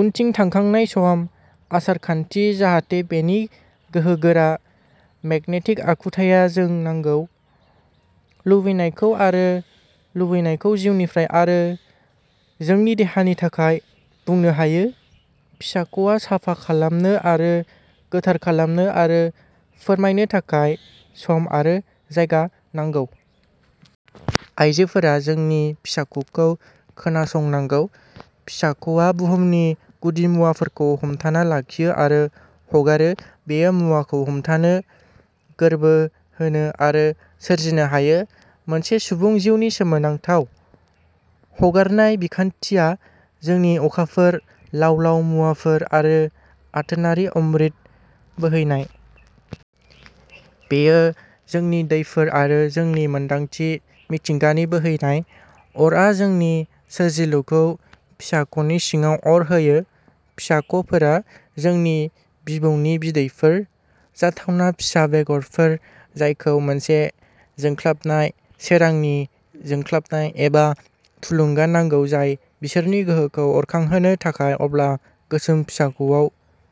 उनथिं थांखांनाय सम, आसार खान्थि जाहाथे बेनि गोहोगोरा मेगनेटिक आखुथाया जों नांगौ, लुबैनायखौ आरो लुबैनायखौ जिउनिफ्राय आरो जोंनि देहानि थाखाय बुंनो हायो। फिसाख'आ साफा खालामनो आरो गोथार खालामनो आरो फोरमायनो थाखाय सम आरो जायगा नांगौ। आइजोफोरा जोंनि फिसाख'खौ खोनासंनांगौ। फिसाख'आ बुहुमनि गुदिमुवाफोरखौ हमथाना लाखियो आरो हगारो बेयो मुवाखौ हमथानो, गोर्बो होनो आरो सोरजिनो हायो, मोनसे सुबुं जिउनि सोमोनांथाव। हगारनाय बिखान्थिया जोंनि अखाफोर, लाव लाव मुवाफोर आरो आथोनारि अमृत बोहैनाय। बेयो जोंनि दैफोर आरो जोंनि मोन्दांथि मिथिंगानि बोहैनाय। अरआ जोंनि सोरजिलुखौ फिसाख'नि सिङाव अर होयो। फिसाख'फोरा जोंनि बिबौनि बिदैफोर। जाथावना फिसा बेगरफोर जायखौ मोनसे जोंख्लाबनाय, सोरांनि जोंख्लाबनाय एबा थुलुंगा नांगौ जाय बिसोरनि गोहोखौ अरखांहोनो थाखाय अब्ला गोसोम फिसाख'आव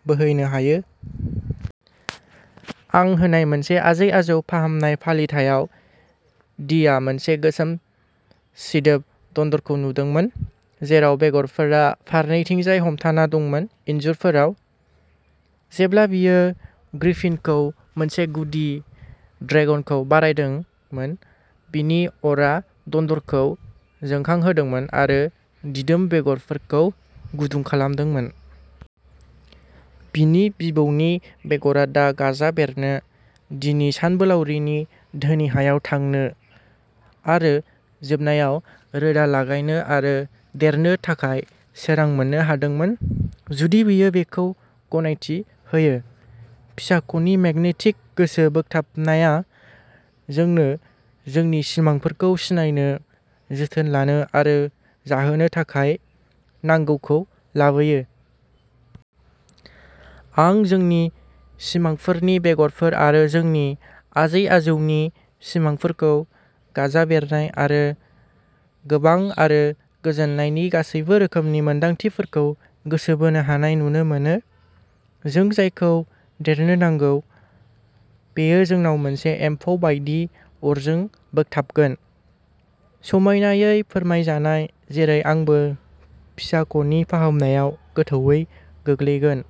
बोहैनो हायो। आं होनाय मोनसे आजै आजौ फाहामनाय फालिथायाव डीआ मोनसे गोसोम सिदोब दन्दरखौ नुदोंमोन, जेराव बेगरफोरा फारनैथिंजाय हमथाना दंमोन इन्जुरफोराव। जेब्ला बियो ग्रिफिनखौ मोनसे गुदि ड्रेगनखौ बरायदोंमोन, बिनि अरआ दन्दरखौ जोंखांहोदोंमोन आरो दिदोम बेगरफोरखौ गुदुं खालामदोंमोन। बिनि बिबौनि बेगरा दा गाजा बेरनो, डीनि सानबोलावरिनि धोनि हायाव थांनो, आरो जोबनायाव रोदा लागायनो आरो देरनो थाखाय सोरां मोननो हादोंमोन, जुदि बियो बेखौ गनायथि होयो। फिसाख'नि मेगनेटिक गोसो बोगथाबनाया जोंनो जोंनि सिमांफोरखौ सिनायनो, जोथोन लानो आरो जाहोनो थाखाय नांगौखौ लाबोयो। आं जोंनि सिमांफोरनि बेगरफोर आरो जोंनि आजै आजौनि सिमांफोरखौ गाजा बेरनाय आरो गोबां आरो गोजोननायनि गासैबो रोखोमनि मोनदांथिफोरखौ गोसो बोनो हानाय नुनो मोनो। जों जायखौ देरनो नांगौ, बेयो जोंनाव मोनसे एम्फौ बायदि अरजों बोगथाबगोन। समायनायै फोरमायजानाय, जेरै आंबो, फिसाख'नि फाहामनायाव गोथौवै गोग्लैगोन।